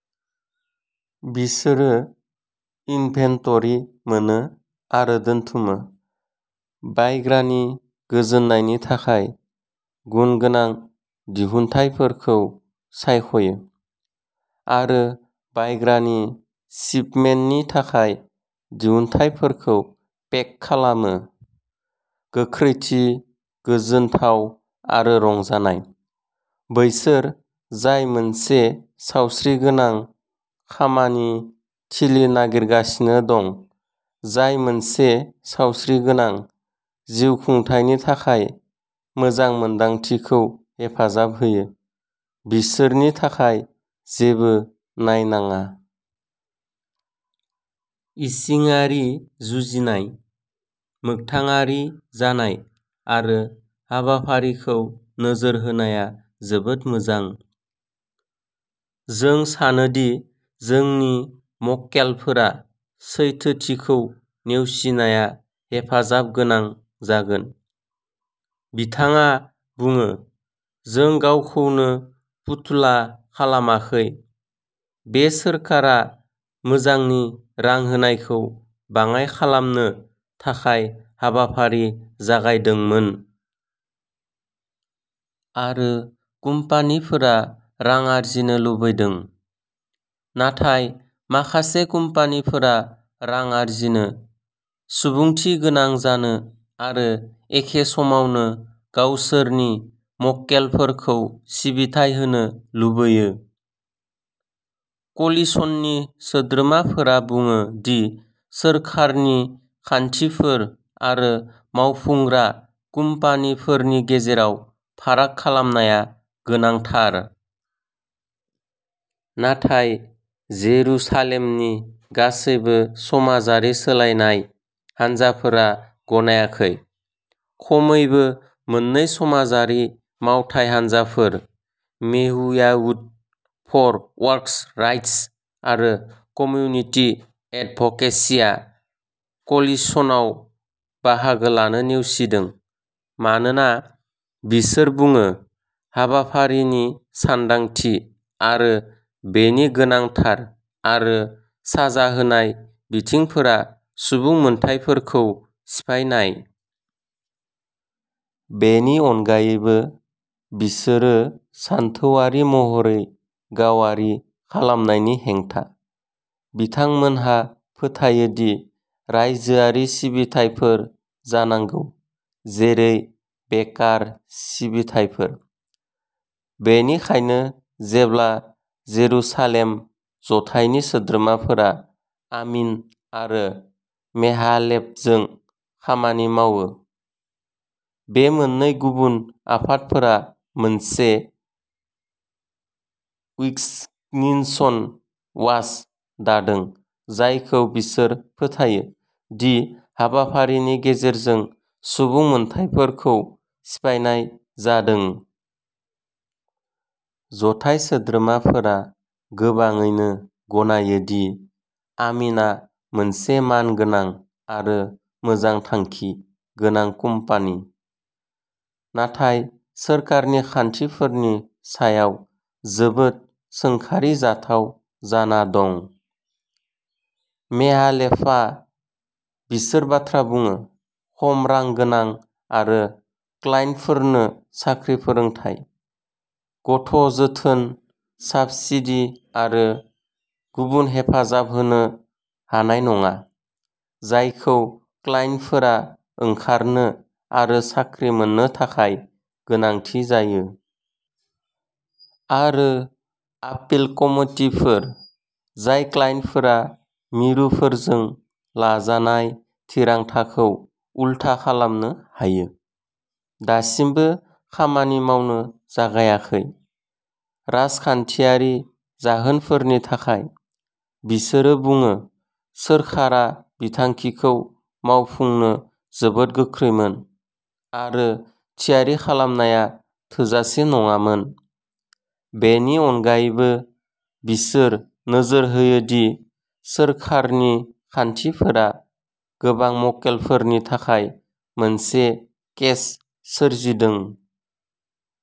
बिसोरो इनभेन्टरि मोनो आरो दोनथुमो, बायग्रानि गोजोननायनि थाखाय गुनगोनां दिहुनथायफोरखौ सायख'यो, आरो बायग्रानि शिपमेन्टनि थाखाय दिहुनथायफोरखौ पेक खालामो। गोख्रैथि, गोजोनथाव, आरो रंजानाय! बैसोर जाय मोनसे सावस्रिगोनां खामानि थिलि नागिरगासिनो दं जाय मोनसे सावस्रिगोनां जिउखुंथायनि थाखाय मोजां मोन्दांथिखौ हेफाजाब होयो, बिसोरनि थाखाय जेबो नायनाङा। इसिङारि जुजिनाय, मोगथाङारि जानाय आरो हाबाफारिखौ नोजोर होनाया जोबोद मोजां। जों सानो दि जोंनि मक्केलफोरा सैथोथिखौ नेवसिनाया हेफाजाब गोनां जागोन। "बिथाङा बुङो," जों गावखौनो फुथुला खालामाखै। बे सोरखारा मोजांनि रां होनायखौ बाङाइ खालामनो थाखाय हाबाफारि जागायदोंमोन। आरो कम्पानिफोरा रां आर्जिनो लुबैदों। नाथाय माखासे कम्पानिफोरा रां आर्जिनो, सुबुंथिगोनां जानो आरो एखे समावनो गावसोरनि मक्केलफोरखौ सिबिथाइ होनो लुबैयो। "क'लिशननि सोद्रोमाफोरा बुङो दि सोरखारनि खान्थिफोर आरो मावफुंग्रा कम्पानिफोरनि गेजेराव फाराग खालामनाया गोनांथार। नाथाय जेरुसालेमनि गासैबो समाजारि सोलायनाय हानजाफोरा गनायाखै। खमैबो मोन्नै समाजारि मावथाय हानजाफोर, मेहुयावुत फर वर्कर्स राइटस, आरो कमिउनिटि एडभकेसिआ क'लिशनआव बाहागो लानो नेवसिदों, मानोना, बिसोर बुङो, हाबाफारिनि सानदांथि आरो बेनि गोनांथार आरो साजा होनाय बिथिंफोरा सुबुं मोनथायफोरखौ सिफायनाय। बेनि अनगायैबो, बिसोरो सानथौआरि महरै गावारि खालामनायनि हेंथा। बिथांमोनहा फोथायोदि रायजोआरि सिबिथायफोर जानांगौ, जेरै बेकार सिबिथायफोर। बेनिखायनो जेब्ला जेरुसालेम जथाइनि सोद्रोमाफोरा आमिन आरो मेहालेभजों खामानि मावो, बे मोननै गुबुन आफादफोरा मोनसे "विस्कन्सिन वाच" दादों जायखौ बिसोर फोथायो दि हाबाफारिनि गेजेरजों सुबुं मोनथायफोरखौ सिफायनाय जादों। जथाइ सोद्रोमाफोरा गोबाङैनो गनायो दि आमिनआ मोनसे मानगोनां आरो मोजां थांखि गोनां कम्पानि, नाथाय सोरखारनि खान्थिफोरनि सायाव जोबोद सोंखारिजाथाव जाना दं। मेहालेभआ, बिसोर बाथ्रा बुङो, खम रां गोनां आरो क्लाइन्टफोरनो साख्रि फोरोंथाय, गथ'जोथोन साब्सिडी आरो गुबुन हेफाजाब होनो हानाय नङा, जायखौ क्लाइन्टफोरा ओंखारनो आरो साख्रि मोन्नो थाखाय गोनांथि जायो। आरो आपिल कमिटिफोर, जाय क्लाइन्टफोरा मिरुफोरजों लाजानाय थिरांथाखौ उलथा खालामनो हायो, दासिमबो खामानि मावनो जागायाखै। राजखान्थियारि जाहोनफोरनि थाखाय, बिसोरो बुङो, सोरखारा बिथांखिखौ मावफुंनो जोबोद गोख्रैमोन, आरो थियारि खालामनाया थोजासे नङामोन। बेनि अनगायैबो, बिसोर नोजोर होयो दि, सोरखारनि खान्थिफोरा गोबां मक्केलफोरनि थाखाय मोनसे केच- सोरजिदों।